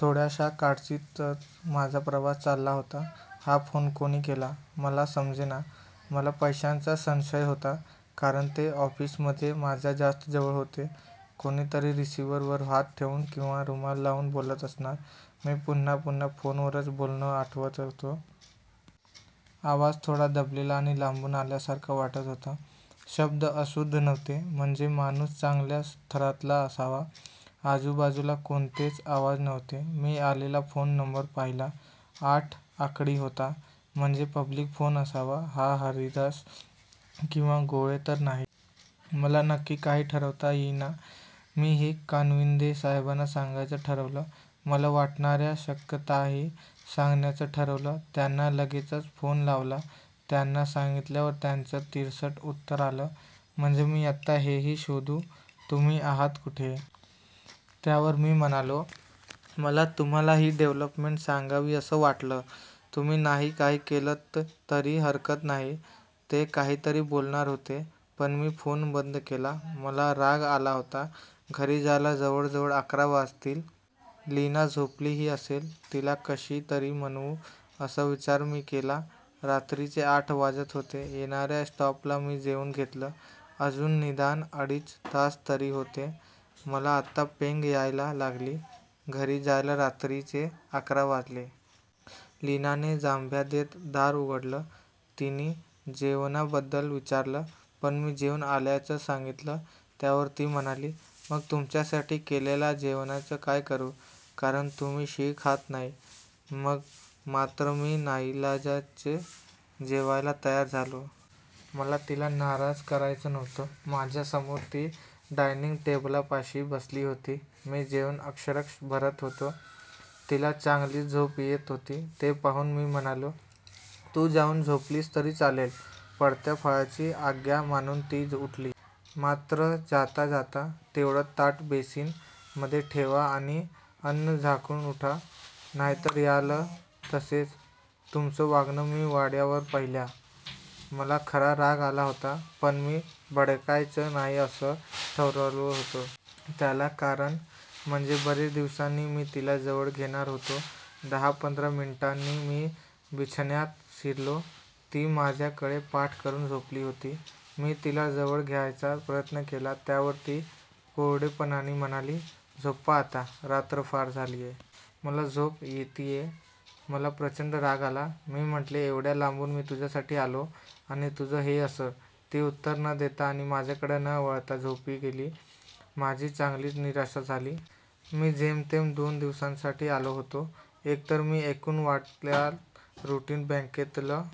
थोड्याशा काळजीतच माझा प्रवास चालला होता. हा फोन कोणी केला, मला समजेना. मला पैंशंचा संशय होता. कारण ते ऑफिसमध्ये माझ्या जास्त जवळ होते. कोणीतरी रिसिव्हरवर हात ठेवून किंवा रुमाल लावून बोलत असणार. मी पुन्हा पुन्हा फोनवरचं बोलणं आठवत होतो. आवाज थोडा दबलेला आणि लांबून आल्यासारखा वाटत होता. शब्द अशुद्ध नव्हते. म्हणजे माणूस चांगल्या थरातला असावा. आजूबाजूला कोणतेच आवाज नव्हते. मी आलेला फोन नंबर पाहिला. आठ आकडी होता. म्हणजे पब्लिक फोन असावा. हा हरिदास, किंवा गोळे तर नाही? मला नक्की काही ठरवता येईना. मी हे कानविंदे साहेबांना सांगायचं ठरवलं. मला वाटणाऱ्या शक्यताही सांंगण्याचं ठरवलं. त्यांना लगेचच फोन लावला. त्यांना सांगितल्यावर त्यांचं तिरसट उत्तर आलं. " म्हणजे मी आता हेही शोधू.?, तुम्ही आहात कुठे? " त्यावर मी म्हणालो," मला तुम्हाला ही डेव्हलपमेंट सांगावी असं वाटलं. तुम्ही नाही काही केलंत तरी हरकत नाही". ते काहीतरी बोलणार होते. पण मी फोन बंद केला. मला राग आला होता.घरी जायला जवळजवळ अकरा वाजतील. लीना झोपलीही असेल. तिला कशी तरी मनवू. असा विचार मी केला. रात्रीचे आठ वाजत होते. येणाऱ्या स्टॉपला मी जेवून घेतलं. अजून निदान अडीच तास तरी होते. मला आता पेंग यायला लागली. घरी जायला रात्रीचे अकरा वाजले. लीनाने जांभया देत दार उघडलं. तिनी जेवणाबद्दल विचारलं. पण मी जेऊन आल्याचं सांगितलं. त्यावर ती म्हणाली," मग तुमच्यासाठी केलेल्या जेवणाचं काय करु? कारण तुम्ही शिळं खात नाही". मग मात्र मी नाईलाजाने जेवायला तयार झालो. मला तिला नाराज करायचं नव्हतं. माझ्यासमोर ती डायनिंग टेबलापाशी बसली होती. मी जेवण अक्षरशः भरत होतो. तिला चांगलीच झोप येत होती. ते पाहून मी म्हणालो," तू जाऊन झोपलीस तरी चालेल. " पडत्या फळाची आज्ञा मानून ती उठली. मात्र जाता जाता," तेवढं ताट बेसिन मधे ठेवा आणि अन्न झाकून उठा. नाही तर याल तसेच. तुमचं वागणं मी वाड्यावर पाहिलंय. " मला खरा राग आला होता, पण मी भडकायचं नाही असं ठरवलं होतं. त्याला कारण म्हणजे बरेच दिवसांनी मी तिला जवळ घेणार होतो. दहा पंधरा मिनिटांनी मी बिछान्यात शिरलो. ती माझ्या कडे पाठ करून झोपली होती. मी तिला जवळ घ्यायचा प्रयत्न केला त्यावर ती कोरडेपणानी म्हणाली," झोपा आता, रात्र फार झालिये. मला झोप येतीये " मला प्रचंड राग आला. मी म्हंटले " एवढ्या लांबून मी तुझ्या साठी आलो. आणि तुझं हे असं " ती उत्तर न देता आणि माझ्याकडे न वळता झोपी गेली. माझी चांगलीच निराशा झाली. मी जेमतेम दोन दिवसांसाठी आलो होतो. एक तर मी एकूण वाड्यातलं रुटीन, बॅंकेतलं